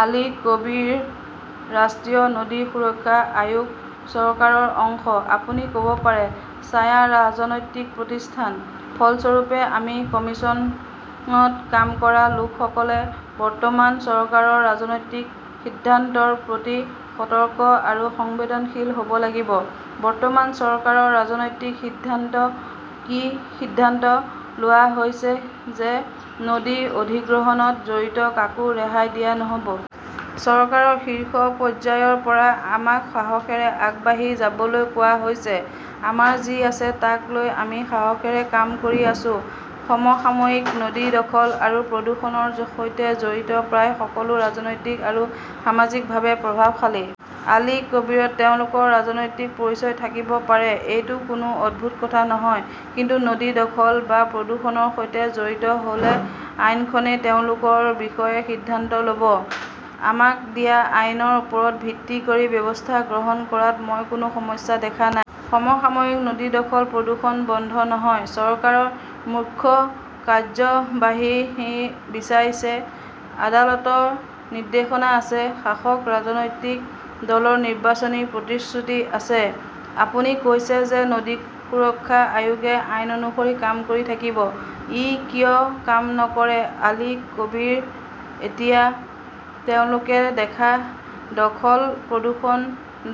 আলী কবীৰঃ ৰাষ্ট্ৰীয় নদী সুৰক্ষা আয়োগ চৰকাৰৰ অংশ। আপুনি ক 'ব পাৰে, ছায়া ৰাজনৈতিক প্ৰতিষ্ঠান। ফলস্বৰূপে, আমি কমিশ্যনত কাম কৰা লোকসকলে বৰ্তমান চৰকাৰৰ ৰাজনৈতিক সিদ্ধান্তৰ প্ৰতি সতৰ্ক আৰু সংবেদনশীল হ 'ব লাগিব। বৰ্তমান চৰকাৰৰ ৰাজনৈতিক সিদ্ধান্ত কি সিদ্ধান্ত লোৱা হৈছে যে নদী অধিগ্ৰহণত জড়িত কাকো ৰেহাই দিয়া নহ 'ব। চৰকাৰৰ শীৰ্ষ পৰ্যায়ৰ পৰা আমাক সাহসৰে আগবাঢ়ি যাবলৈ কোৱা হৈছে। আমাৰ যি আছে তাক লৈ আমি সাহসৰে কাম কৰি আছো। সমসাময়িকঃ নদী দখল আৰু প্ৰদূষণৰ সৈতে জড়িত প্ৰায় সকলো ৰাজনৈতিক আৰু সামাজিকভাৱে প্ৰভাৱশালী। আলী কবীৰঃ তেওঁলোকৰ ৰাজনৈতিক পৰিচয় থাকিব পাৰে। এইটো কোনো অদ্ভুত কথা নহয়। কিন্তু নদী দখল বা প্ৰদূষণৰ সৈতে জড়িত হ’লে আইনখনেই তেওঁলোকৰ বিষয়ে সিদ্ধান্ত ল’ব। আমাক দিয়া আইনৰ ওপৰত ভিত্তি কৰি ব্যৱস্থা গ্ৰহণ কৰাত মই কোনো সমস্যা দেখা নাই। সমসাময়িকঃ নদী দখল-প্ৰদূষণ বন্ধ নহয়। চৰকাৰৰ মুখ্য কাৰ্যবাহীই বিচাৰিছে, আদালতৰ নিৰ্দেশনা আছে, শাসক ৰাজনৈতিক দলৰ নিৰ্বাচনী প্ৰতিশ্ৰুতি আছে। আপুনি কৈছে যে নদী সুৰক্ষা আয়োগে আইন অনুসৰি কাম কৰি থাকিব। ই কিয় কাম নকৰে আলী কবীৰঃ এতিয়া তেওঁলোকে দেখা দখল-প্ৰদূষণ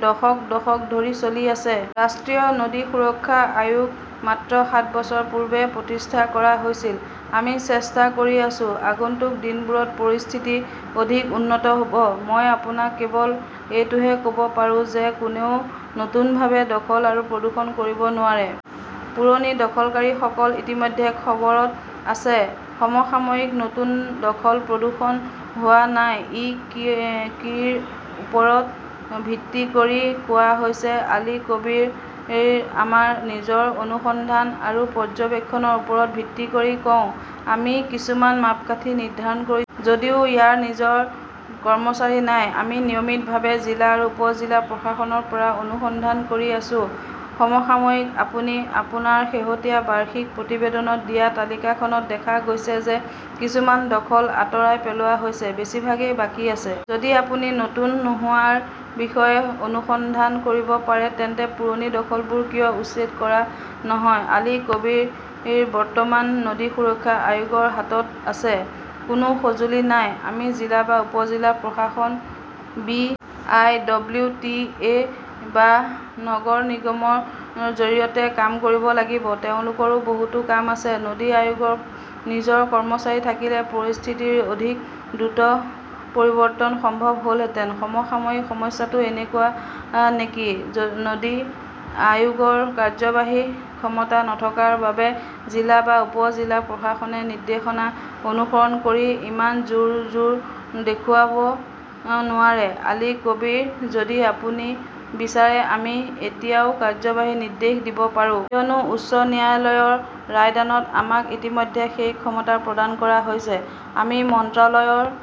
দশক দশক ধৰি চলি আছে। ৰাষ্ট্ৰীয় নদী সুৰক্ষা আয়োগ মাত্ৰ সাত বছৰ পূৰ্বে প্ৰতিষ্ঠা কৰা হৈছিল। আমি চেষ্টা কৰি আছো, আগন্তুক দিনবোৰত পৰিস্থিতি অধিক উন্নত হ 'ব। মই আপোনাক কেৱল এইটোহে ক 'ব পাৰো যে কোনেও নতুনভাৱে দখল আৰু প্ৰদূষণ কৰিব নোৱাৰে। পুৰণি দখলকাৰীসকল ইতিমধ্যে খবৰত আছে। সমসাময়িকঃ নতুন দখল-প্ৰদূষণ হোৱা নাই ই কিৰ ওপৰত ভিত্তি কৰি কোৱা হৈছে আলী কবীৰ আমাৰ নিজৰ অনুসন্ধান আৰু পৰ্যবেক্ষণৰ ওপৰত ভিত্তি কৰি কওঁ। আমি কিছুমান মাপকাঠি নিৰ্ধাৰণ কৰিছোঁ। যদিও ইয়াৰ নিজৰ কৰ্মচাৰী নাই; আমি নিয়মিতভাৱে জিলা আৰু উপ-জিলা প্ৰশাসনৰ পৰা অনুসন্ধান কৰি আছো। সমসাময়িকঃ আপুনি আপোনাৰ শেহতীয়া বাৰ্ষিক প্ৰতিবেদনত দিয়া তালিকাখনত দেখা গৈছে যে কিছুমান দখল আঁতৰাই পেলোৱা হৈছে; বেছিভাগেই বাকী আছে। যদি আপুনি নতুন দখল নোহোৱাৰ বিষয়ে অনুসন্ধান কৰিব পাৰে তেন্তে পুৰণি দখলবোৰ কিয় উচ্ছেদ কৰা নহয় আলী কবীৰঃ বৰ্তমান নদী সুৰক্ষা আয়োগৰ হাতত আছে, কোনো সঁজুলি নাই। আমি জিলা বা উপ-জিলা প্ৰশাসন, B. I. W. T. A. বা নগৰ নিগমৰ জৰিয়তে কাম কৰিব লাগিব। তেওঁলোকৰো বহুতো কাম আছে। নদী আয়োগৰ নিজৰ কৰ্মচাৰী থাকিলে পৰিস্থিতিৰ অধিক দ্ৰুত পৰিৱৰ্তন সম্ভৱ হ "লহেঁতেন। সমসাময়িকঃ সমস্যাটো এনেকুৱা নেকি, নদী আয়োগৰ কাৰ্যবাহী ক্ষমতা নথকাৰ বাবে জিলা বা উপ-জিলা প্ৰশাসনে নিৰ্দেশনা অনুসৰণ কৰি ইমান জোৰ-জোৰ দেখুৱাব নোৱাৰে আলী কবীৰঃ যদি আপুনি বিচাৰে আমি এতিয়াও কাৰ্যবাহী নিৰ্দেশ দিব পাৰোঁ। কিয়নো উচ্চ ন্যায়ালয়ৰ ৰায়দানত আমাক ইতিমধ্যে সেই ক্ষমতা প্ৰদান কৰা হৈছে। আমি মন্ত্ৰালয়ৰ